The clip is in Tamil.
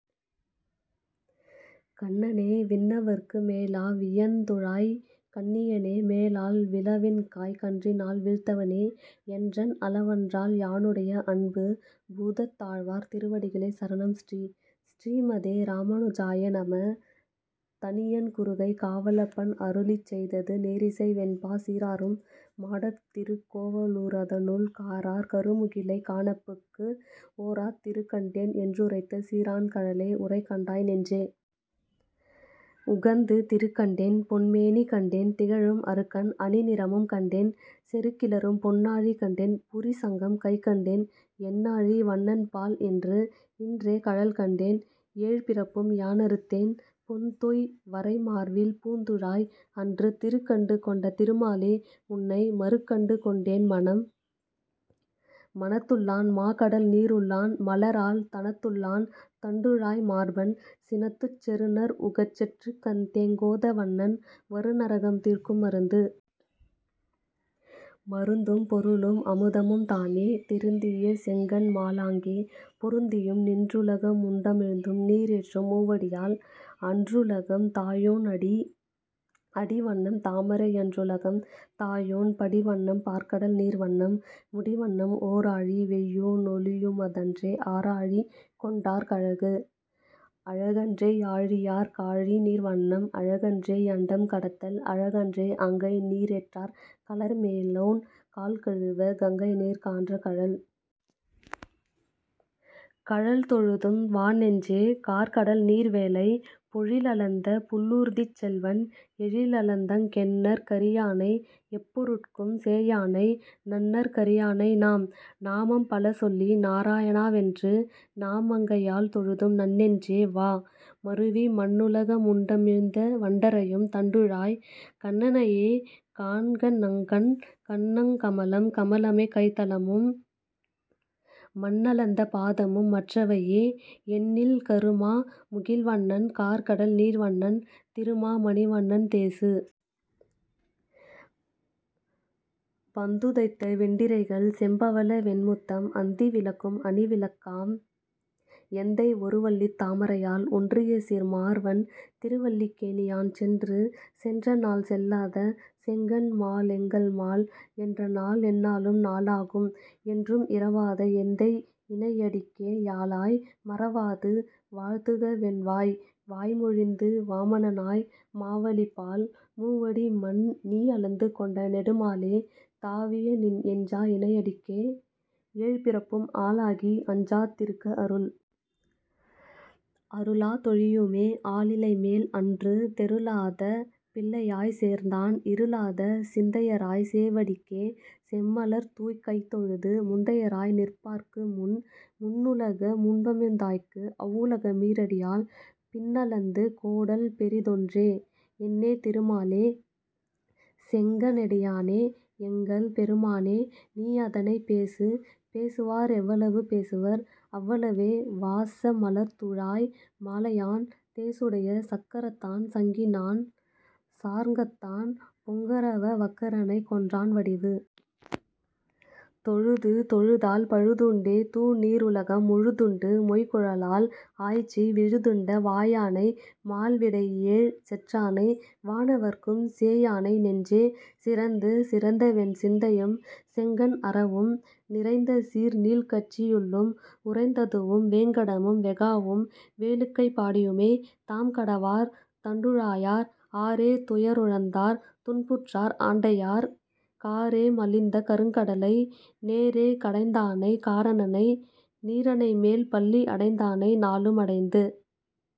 கண்ணனே, விண்ணவர்க்கு। மேலா. வியந்துழாய்க் கண்ணியனே, மேலால் விளவின்காய் கன்றினால் வீழ்த்தவனே, என்றன் அளவன்றால் யானுடைய அன்பு. பூதத்தாழ்வார் திருவடிகளே சரணம் ஸ்ரீ: ஸ்ரீமதே ராமானுஜாய நம: தனியன் குருகை காவலப்பன் அருளிச் செய்தது நேரிசை வெண்பா சீராரும் மாடத் திருக்கோவ லூரதனுள் காரார் கருமுகிலைக் காணப்புக்கு, ஓராத் திருக்கண்டேன் என்றுரைத்த சீரான் கழலே, உரைக்கண்டாய் நெஞ்சே. உகந்து. திருக்கண்டேன் பொன்மேனி கண்டேன், திகழும் அருக்கன் அணிநிறமும் கண்டேன், செருக்கிளரும் பொன்னாழி கண்டேன் புரி சங்கம் கைக்கண்டேன், என்னாழி வண்ணன்பால் இன்று. இன்றே கழல்கண்டேன் ஏழ்பிறப்பும் யானறுத்தேன், பொன்தோய் வரைமார்வில் பூந்துழாய், அன்று திருக்கண்டு கொண்ட திருமாலே, உன்னை மருக்கண்டு கொண்டேன் மனம். மனத்துள்ளான் மாகடல்நீ ருள்ளான், மலராள் தனத்துள்ளான் தண்டுழாய் மார்பன், சினத்துச் செருநர்உகச் செற்றுகந்த தேங்கோத வண்ணன், வருநரகம் தீர்க்கும் மருந்து. மருந்தும் பொருளும் அமுதமும் தானே, திருந்திய செங்கண்மா லாங்கே, பொருந்தியும் நின்றுலக முண்டுமிழ்ந்தும் நீரேற்றும் மூவடியால், அன்றுலகம் தாயோன் அடி. அடிவண்ணம் தாமரை யன்றுலகம் தாயோன், படிவண்ணம் பார்க்கடல்நீர் வண்ணம், முடிவண்ணம் ஓராழி வெய்யோ னொளியு மஃதன்றே ஆராழி கொண்டாற் கழகு? அழகன்றே யாழியாற் காழிநீர் வண்ணம், அழகன்றே யண்டம் கடத்தல், அழகன்றே அங்கைநீ ரேற்றாற் கலர்மேலோன் கால்கழுவ, கங்கைநீர் கான்ற கழல்? கழல்தொழுதும் வாநெஞ்சே. கார்கடல்நீர் வேலை, பொழிலளந்த புள்ளூர்திச் செல்வன், எழிலளந்தங் கெண்ணற் கரியானை எப்பொருட்கும் சேயானை, நண்ணற் கரியானை நாம். நாமம் பலசொல்லி நாராய ணாவென்று, நாமங்கை யால்தொழுதும் நன்னெஞ்சே. வா, மருவி மண்ணுலக முண்டுமிழ்ந்த வண்டறையும் தண்டுழாய், கண்ணனையே காண்கநங் கண். கண்ணுங் கமலம் கமலமே கைத்தலமும், மண்ணளந்த பாதமும் மற்றவையே, எண்ணில் கருமா முகில்வண்ணன் கார்கடல்நீர் வண்ணன், திருமா மணிவண்ணன் தேசு. வந்துதைத்த வெண்டிரைகள் செம்பவள வெண்முத்தம் அந்தி விளக்கும் அணிவிளக்காம், எந்தை ஒருவல்லித் தாமரையாள் ஒன்றியசீர் மார்வன், திருவல்லிக் கேணியான் சென்று. சென்றநாள் செல்லாத செங்கண்மா லெங்கள்மால், என்றநா ளெந்நாளும் நாளாகும், என்றும் இறவாத எந்தை இணையடிக்கே யாளாய், மறவாது வாழ்த்துகவென் வாய். வாய்மொழிந்து வாமனனாய் மாவலிபால், மூவடிமண் நீயளந்து கொண்ட நெடுமாலே, தாவியநின் எஞ்சா இணையடிக்கே ஏழ்பிறப்பும் ஆளாகி, அஞ்சா திருக்க அருள். அருளா தொழியுமே ஆலிலைமேல், அன்று தெருளாத பிள்ளையாய்ச் சேர்ந்தான், இருளாத சிந்தையராய்ச் சேவடிக்கே செம்மலர்தூய்க் கைதொழுது, முந்தையராய் நிற்பார்க்கு முன்? முன்னுலக முண்டுமிழ்ந்தாய்க்கு, அவ்வுலக மீரடியால் பின்னளந்து கோடல் பெரிதொன்றே? என்னே திருமாலே. செங்க ணெடியானே, எங்கள் பெருமானே. நீயிதனைப் பேசு. பேசுவா ரெவ்வளவு பேசுவர், அவ்வளவே வாச மலர்த்துழாய் மாலையான், தேசுடைய சக்கரத்தான் சங்கினான் சார்ங்கத்தான், பொங்கரவ வக்கரனைக் கொன்றான் வடிவு. தொழுது. தொழுதால் பழுதுண்டே தூநீ ருலகம், முழுதுண்டு மொய்குழலாள் ஆய்ச்சி, விழுதுண்ட வாயானை மால்விடையேழ் செற்றானை, வானவர்க்கும் சேயானை நெஞ்சே. சிறந்து? சிறந்தவென் சிந்தையும் செங்கண் அரவும், நிறைந்தசீர் நீள்கச்சி யுள்ளும், உறைந்ததுவும், வேங்கடமும் வெஃகாவும் வேளுக்கைப் பாடியுமே, தாம்கடவார் தண்டுழா யார். ஆரே துயருழந்தார் துன்புற்றார் ஆண்டையார், காரே மலிந்த கருங்கடலை, நேரே கடைந்தானைக் காரணனை, நீரணைமேல் பள்ளி அடைந்தானை நாளும் அடைந்து?